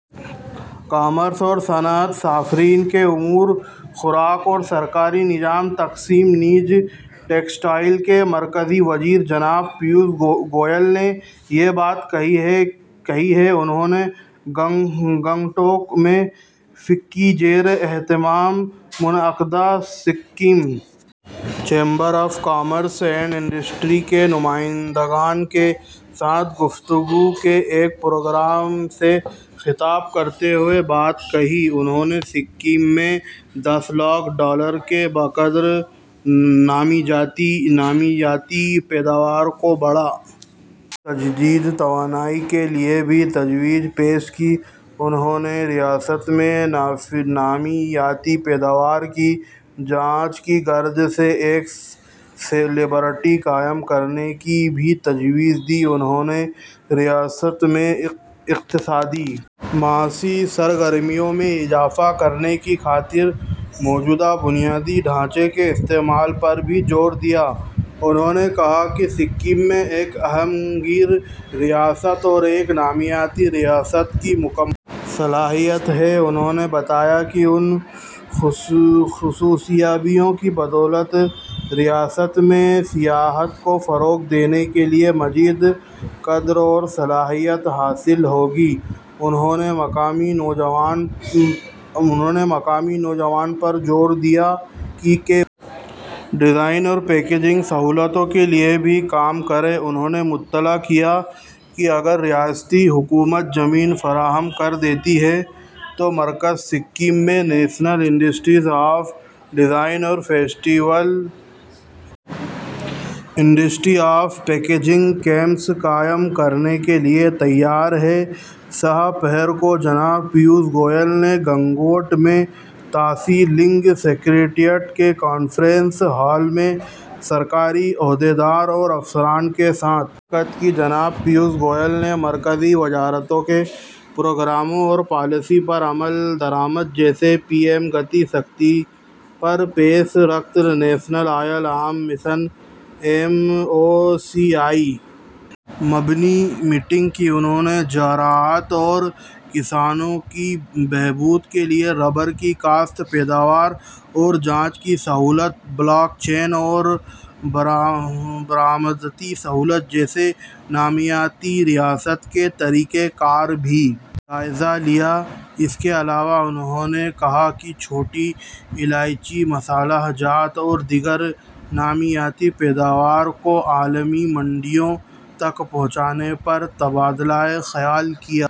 commerce اور صنعت صارفین کے امور خوراک اور سرکاری نظام تقسیم نیز ٹیکسٹائلز کے مرکزی وزیر جناب پیوش گوئل نے یہ بات کہی ہے انہوں نے گنگٹوک میں فکی کے زیراہتمام منعقدہ Sikkim chamber of commerce and industry کے نمائندگان کے ساتھ گفتگو کے ایک پروگرام سے خطاب کرتے ہوئے یہ بات کہی انہوں نے سکم میں دس لاکھ ڈالرز کے بقدر نامیاتی پیداوار کو بڑھا تجدید توانائی کے لیے بھی تجویز پیش کی انہوں نے ریاست میں نامیاتی پیداوار کی جانچ کی غرض سے ایک لیبارٹری قائم کرنے کی بھی تجویز دی انہوں نے ریاست میں اقتصادی و معاشی سرگرمیوں میں اضافہ کرنے کی خاطر موجودہ بنیادی ڈھانچے کے استعمال پر بھی زور دیا انہوں نے کہا کہ سکم میں ایک ہمہ گیر ریاست اور ایک نامیاتی ریاست بننے کی مکمل صلاحیت ہے انہوں نے بتایا کہ ان حصولیابیوں کی بدولت ریاست میں سیاحت کو فروغ دینے کے لیے مزید قدر اور صلاحیت حاصل ہوگی انہوں نے مقامی نوجوانوں پر زور دیا کہ وہ ڈیزائن اور پیکیجنگ سہولتوں کے لیے بھی کام کریں انہوں نے مطلع کیا کہ اگر ریاستی حکومت زمین فراہم کر دیتی ہے تو مرکز سکم میں national institute of design اور national institute of packaging campus قائم کرنے کے لیے تیار ہے سہ پہر کو جناب پیوش گوئل نے گنگٹوک میں تاشی لنگ سکریٹریٹ کے کانفرنس ہال میں سرکاری عہدیداروں اور افسران کے ساتھ نے شرکت کی جناب پیوش گوئل نے مرکزی وزارتوں کے پروگراموں اور پالیسیوں پر عمل درآمد جیسے پی ایم گتی شکتی پر پیش رفت national oil palm mission M O C I اور مبنی میٹنگ کی انہوں نے زراعت اور کسانوں کی بہبود کے لیے ربر کی کاشت پیداوار اور جانچ کی سہولت بلاک چین اور برآمداتی سہولت جیسے نامیاتی ریاست کے طریق کار کا بھی جائزہ لیا اس کے علاوہ انہوں نے کہا کہ چھوٹی الائچی مصالحہ جات اور دیگر نامیاتی پیداوار کو عالمی منڈیوں تک پہنچانے پر تبادلہ خیال کیا